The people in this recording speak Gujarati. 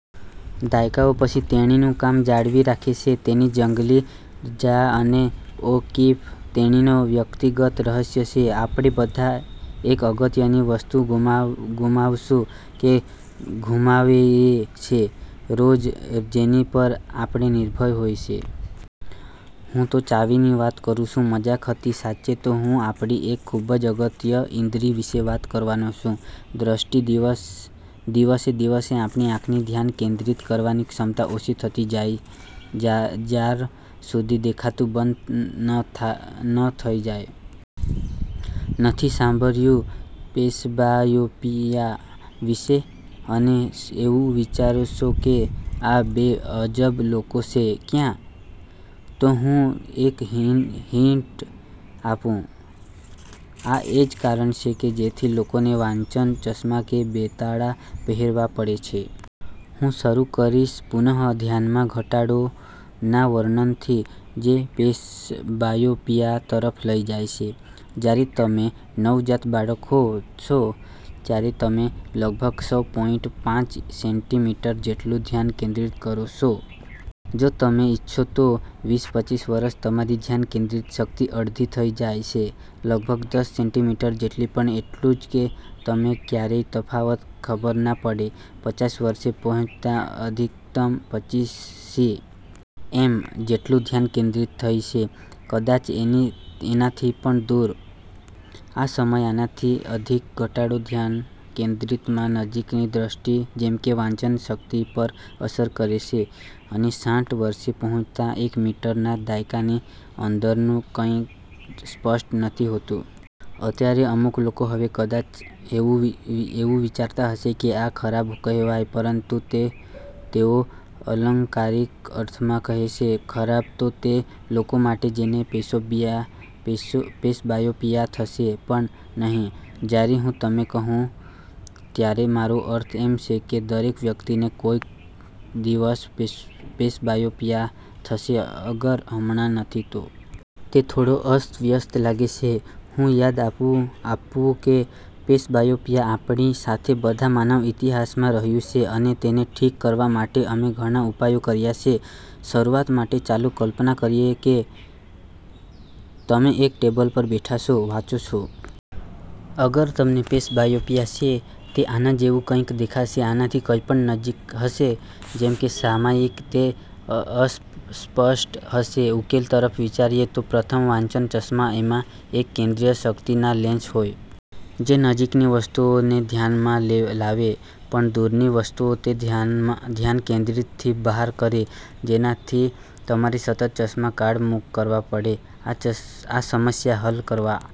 દાયકાઓ પછી, તેણીનું કામ જાળવી રાખે છે તેની જંગલી —ર્જા અને ઓ'કિફ તેણીનો વ્યક્તિગત રહસ્ય છે. આપણે બધા એક અગત્ય ની વસ્તુ ગુમાવ ગુમાવશું કે ઘૂમાવેયે છે રોજ જેની પર આપણે નિર્ભર હોય છે. હું તો ચાવી ની વાત કરું છું. મજાક હતી. સાચ્ચે તો હું આપણી એક ખુબજ અગત્ય ઈન્દ્રી વિશે વાત કરવા નો છું: દ્રષ્ટિ. દિવસ દિવસે દિવસે આપણી આંખની ધ્યાન કેન્દ્રીત કરવાની ક્ષમતા ઓછી થતી જાય જ્યાર સુધી દેખાતું બંધ ન થઈ જાય. નથી સાંભળ્યું પ્રીસબાયોપીયા વિષે, અને એવું વિચારોછો કે, આ બે અજબ લોકો છે ક્યાં? " તો હું એક હિન્ટ આપું, આ એજ કારણ છે જે થી લોકો ને વાંચન ચશ્માં કે બેતાળાં પહેરવા પડે છે. હું શરું કરીશ પુનઃ ધ્યાન માં ઘટાડો ના વર્ણન થી, જે પ્રેસબાયોપીયા તરફ લઇ જાય છે. જયારે તમે નવ જાત બાળક હોવ છો ત્યારે તમે લગભગ છ પોઈન્ટ પાંચ સેન્ટીમીટર જેટલું ધ્યાન કેન્દ્રિત કરો છો। જો તમે ઈચ્છો તો. વિસ-પચીસ વર્ષે તમારી ધ્યાન કેન્દ્રિત શક્તિ અડધી થઇ જાયે છે. લગભગ દસ સેન્ટીમીટર જેટલી, પણ એટલું કે તમે ક્યારે તફાવત ખબર ના પડે। પચાસ વર્ષે પહોંચતા, અધિકતમ પચીસ સી। એમ. જેટલું ધ્યાન કેન્દ્રિત થઇ છે, કદાચ એના થી પણ દૂર. આ સમય આના થી અધિક ઘટાડો ધ્યાન કેન્દ્રિતમાં નજીકની દ્રષ્ટિ જેમકે વાંચન શક્તિ પર અસર કરે છે, અને સાઠ વર્ષે પહોંચતા, એક મીટરના દાયરા ની અંદર નુ કંઈ સ્પષ્ટ નથી હોતું. અત્યારે અમુક લોકો હવે કદાચ એવું વિચારતા હશે કે આ ખરાબ કહેવાય પરંતુ તે તો અલંકારિક અર્થમાં કહે છે, ખરાબ તો તે લોકો માટે જેને પ્રેસબાયોપીયા થશે. પણ નહિ, જયારે હું તમે કહું, ત્યારે મારો અર્થ એમ છે કે દરેક વ્યક્તિ ને કોઈક દિવસ પ્રેસબાયોપીયા થશે અગર હમણાં નથી તો. તે થોડો અસ્તવ્યસ્થ લાગે છે. હું યાદ આપુ અપવું કે પ્રેસબાયોપીયા આપણી સાથે બધા માનવ ઇતિહાસ માં રહ્યુ છે, અને તેને ઠીક કરવા માટે અમે ઘણા ઉપાયો કર્યા છે. શરુવાત માટે, ચાલો કલ્પના કરીએ કે તમે એક ટેબલ પર બેઠા છો, વાંચો છો. અગર તમને પ્રેસબાયોપીયા છે, તે આના જેવું કંઈક દેખાશે. આનાથી કઈ પણ નજીક હશે, જેમ કે સામાયિક, તે અસ્પષ્ટ હશે। ઉકેલ તરફ વિચારીએ તો. પ્રથમ, વાંચન ચશ્મા। એમાં એક કેન્દ્રીય શક્તિ ના લેન્સ હોય. જે નજીક ની વસ્તુઓ ને ધ્યાન માં લાવે. પણ દૂર ની વસ્તુઓ તે ધ્યાન કેન્દ્ર થી બહાર કરે, જેના થી તમારે સતત ચશ્માં કાઢ મૂક કરવા પડે. આ સમસ્યા હલ કરવા